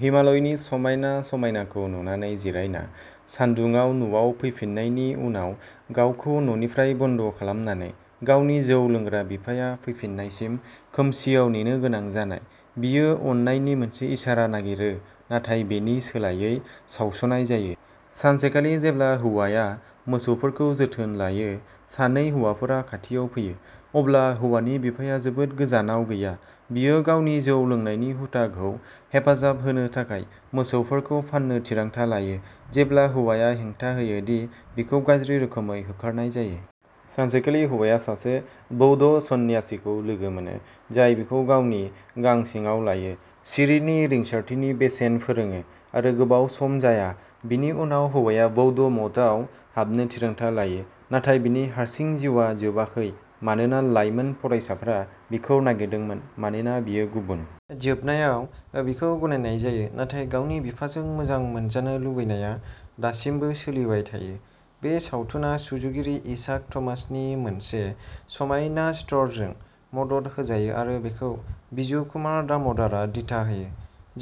हिमालयनि समायना समायनाखौ नुनानै जिरायना, सान्दुङाव न'आव फैफिन्नायनि उनाव गावखौ न'निफ्राय बन्द' खालामनानै, गावनि जौ लोंग्रा बिफाया फैफिन्नायसिम खोमसिआव नेनो गोनां जानाय, बियो अननायनि मोनसे इसारा नागिरो, नाथाय बेनि सोलायै सावस'नाय जायो। सानसेखालि जेब्ला हौवाया मोसौफोरखौ जोथोन लायो, सानै हौवाफोरा खाथियाव फैयो, अब्ला हौवानि बिफाया जोबोद गोजानाव गैया, बियो गावनि जौ लोंनायनि हुदाखौ हेफाजाब होनो थाखाय मोसौफोरखौ फान्नो थिरांथा लायो, जेब्ला हौवाया हेंथा होयो दि बिखौ गाज्रि रोखोमै होखारनाय जायो। सानसेखालि हौवाया सासे बौद्ध सन्यासिखौ लोगो मोनो, जाय बिखौ गावनि गां सिङाव लायो, सिरिनि रिंसारथिनि बेसेन फोरोङो आरो गोबाव सम जाया, बिनि उनाव हौवाया बौद्ध मठआव हाबनो थिरांथा लायो। नाथाय बिनि हारसिं जिउआ जोबाखै मानोना लाइमोन फरायसाफ्रा बिखौ नागारदोंमोन मानोना बियो गुबुन। जोबनायाव, बिखौ गनायनाय जायो, नाथाय गावनि बिफाजों मोजां मोनजानो लुबैनाया दासिमबो सोलिबाय थायो। बे सावथुना सुजुगिरि इसाक थमासनि मोनसे समायना स्करजों मदद होजायो आरो बेखौ बिजुकुमार दाम'दरनआ दिथा होयो,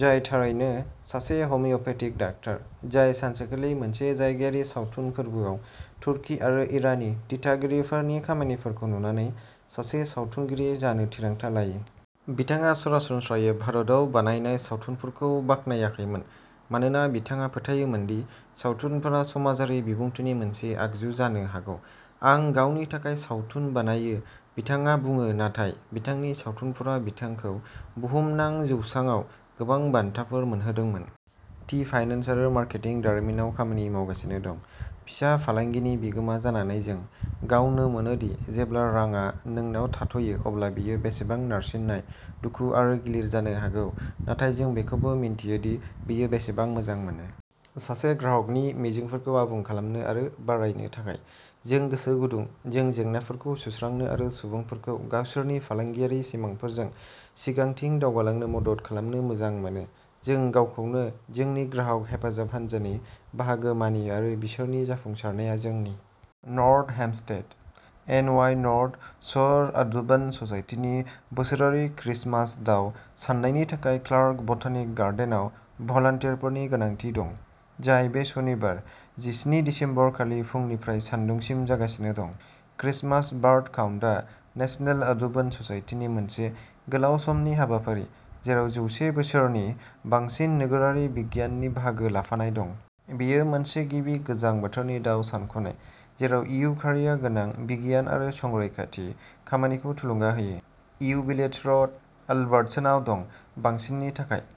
जाय थारैनो सासे हमिय'पेथिक डाक्टार, जाय सानसेखालि मोनसे जायगायारि सावथुन फोरबोआव तुर्की आरो इरानी दिथागिरिफोरनि खामानिफोरखौ नुनानै सासे सावथुनगिरि जानो थिरांथा लायो। बिथाङा सरासनस्रायै भारतआव बानायनाय सावथुनफोरखौ बाख्नायाखैमोन मानोना बिथाङा फोथायोमोन दि सावथुनफोरा समाजारि बिबुंथिनि मोनसे आगजु जानो हागौ। आं गावनि थाखाय सावथुन बानायो बिथाङा बुङो नाथाय बिथांनि सावथुनफोरा बिथांखौ बुहुमनां जौसाङाव गोबां बान्थाफोर मोनहोदोंमोन। टी फाइनेन्स आरो मार्केटिं दारिमिनाव खामानि मावगासिनो दं। फिसा फालांगिनि बिगोमा जानानै जों गावनो मोनो दि जेब्ला रांआ नोंनाव थाथ'यो अब्ला बेयो बेसेबां नारसिननाय, दुखु आरो गिलिर जानो हागौ, नाथाय जों बेखौबो मिन्थियो दि बेयो बेसेबां मोजां मोनो। सासे ग्राहकनि मिजिंफोरखौ आबुं खालामनो आरो बारायनो थाखाय। जों गोसो गुदुं, जों जेंनाफोरखौ सुस्रांनो आरो सुबुंफोरखौ गावसोरनि फालांगियारि सिमांफोरजों सिगांथिं दावगालांनो मदद खालामनो मोजां मोनो। जों गावखौनो जोंनि ग्राहक हेफाजाब हानजानि बाहागो मानियो आरो बिसोरनि जाफुंसारनाया जोंनि। North Hempstead, N Y North Shore Audubon ससाइटिनि बोसोरारि क्रिसमास दाव साननायनि थाखाय क्लार्क बटानिक गार्डेनआव भलन्टियारफोरनि गोनांथि दं, जाय बे सनिबार, जिस्नि दिसेम्बर खालि फुंनिफ्राय सान्दुंसिम जागासिनो दं। क्रिसमास बार्ड काउन्ट आ नेसनेल अडुबन ससाइटिनि मोनसे गोलाव समनि हाबाफारि, जेराव जौसे बोसोरनि बांसिन नोगोरारि बिगियाननि बाहागो लाफानाय दं। बेयो मोनसे गिबि गोजां बोथोरनि दाव सानख'नाय, जेराव इउ खारिआ गोनां बिगियान आरो संरैखाथि खामानिखौ थुलुंगा होयो। इउ विलेट्स रोड, अल्बर्टसनआव दं। बांसिननि थाखाय